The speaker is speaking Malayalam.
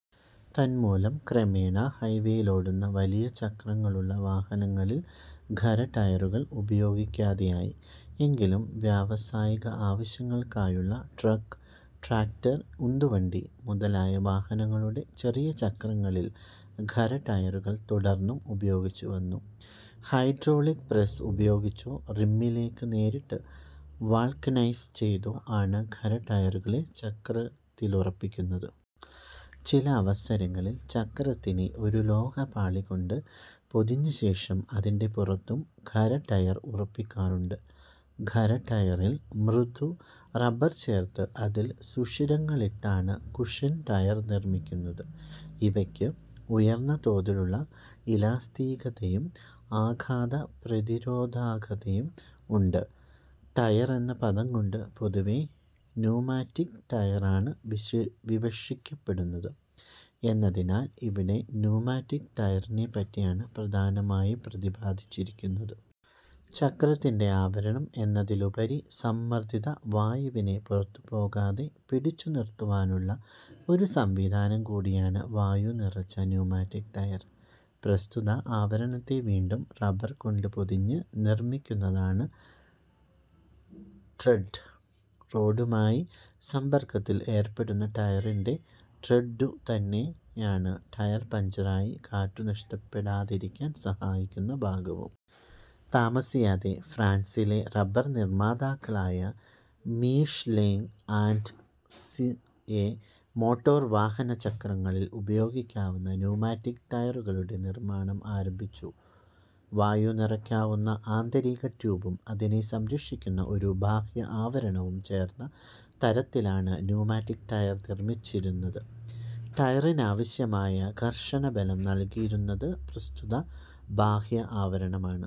തന്മൂലം ക്രമേണ ഹൈവേയിലോടുന്ന വലിയ ചക്രങ്ങളുള്ള വാഹനങ്ങളിൽ ഖര ടയറുകൾ ഉപയോഗിക്കാതെയായി. എങ്കിലും വ്യാവസായികാവശ്യങ്ങൾക്കായുള്ള ട്രക്ക്, ട്രാക്ക്റ്റർ, ഉന്തുവണ്ടി മുതലായ വാഹനങ്ങളുടെ ചെറിയ ചക്രങ്ങളിൽ ഖര ടയറുകൾ തുടർന്നും ഉപയോഗിച്ചു വന്നു. ഹൈഡ്രോളിക് പ്രസ്സ് ഉപയോഗിച്ചോ റിമ്മിലേക്ക് നേരിട്ട് വൾക്കനൈസ് ചെയ്തോ ആണ് ഖര ടയറുകളെ ചക്രത്തിലുറപ്പിക്കുന്നത്. ചില അവസരങ്ങളിൽ ചക്രത്തിനെ ഒരു ലോഹ പാളി കൊണ്ട് പൊതിഞ്ഞശേഷം അതിന്റെ പുറത്തും ഖര ടയർ ഉറപ്പിക്കാറുണ്ട്. ഖര ടയറിൽ മൃദു റബർ ചേർത്ത് അതിൽ സുഷിരങ്ങളിട്ടാണ് കുഷൻ ടയർ നിർമ്മിക്കുന്നത്. ഇവയ്ക്ക് ഉയർന്ന തോതിലുള്ള ഇലാസ്തികതയും ആഘാത പ്രതിരോധകതയും ഉണ്ട്. ടയർ എന്ന പദംകൊണ്ട് പൊതുവേ ന്യൂമാറ്റിക് ടയറാണ് വിവക്ഷിക്കപ്പെടുന്നത് എന്നതിനാൽ ഇവിടെ ന്യൂമാറ്റിക് ടയറിനെപ്പറ്റിയാണ് പ്രധാനമായും പ്രതിപാദിച്ചിരിക്കുന്നത്. ചക്രത്തിന്റെ ആവരണം എന്നതിലുപരി സമ്മർദ്ദിത വായുവിനെ പുറത്തു പോകാതെ പിടിച്ചു നിറുത്തുവാനുള്ള ഒരു സംവിധാനം കൂടിയാണ് വായു നിറച്ച ന്യൂമാറ്റിക് ടയർ. പ്രസ്തുത ആവരണത്തെ വീണ്ടും റബർ കൊണ്ട് പൊതിഞ്ഞ് നിർമ്മിക്കുന്നതാണ് ട്രെഡ്ഡ്. റോഡുമായി സമ്പർക്കത്തിൽ ഏർപ്പെടുന്ന ടയറിന്റെ ട്രെഡ്ഡു തന്നെയാണ് ടയർ പഞ്ചറായി കാറ്റു നഷ്ടപ്പെടാതിരിക്കാൻ സഹായിക്കുന്ന ഭാഗവും. താമസിയാതെ ഫ്രാൻസിലെ റബർ നിർമ്മാതാക്കളായ മീഷ്ലേങ് ആൻഡ് സ് യെ മോട്ടോർ വാഹന ചക്രങ്ങളിൽ ഉപയോഗിക്കാവുന്ന ന്യൂമാറ്റിക് ടയറുകളുടെ നിർമ്മാണം ആരംഭിച്ചു. വായു നിറയ്ക്കാവുന്ന ആന്തരിക ട്യൂബും അതിനെ സംരക്ഷിക്കുന്ന ഒരു ബാഹ്യ ആവരണവും ചേർന്ന തരത്തിലാണ് ന്യുമാറ്റിക് ടയർ നിർമിച്ചിരുന്നത്. ടയറിനാവശ്യമായ ഘർഷണ ബലം നൽകിയിരുന്നത് പ്രസ്തുത ബാഹ്യ ആവരണമാണ്.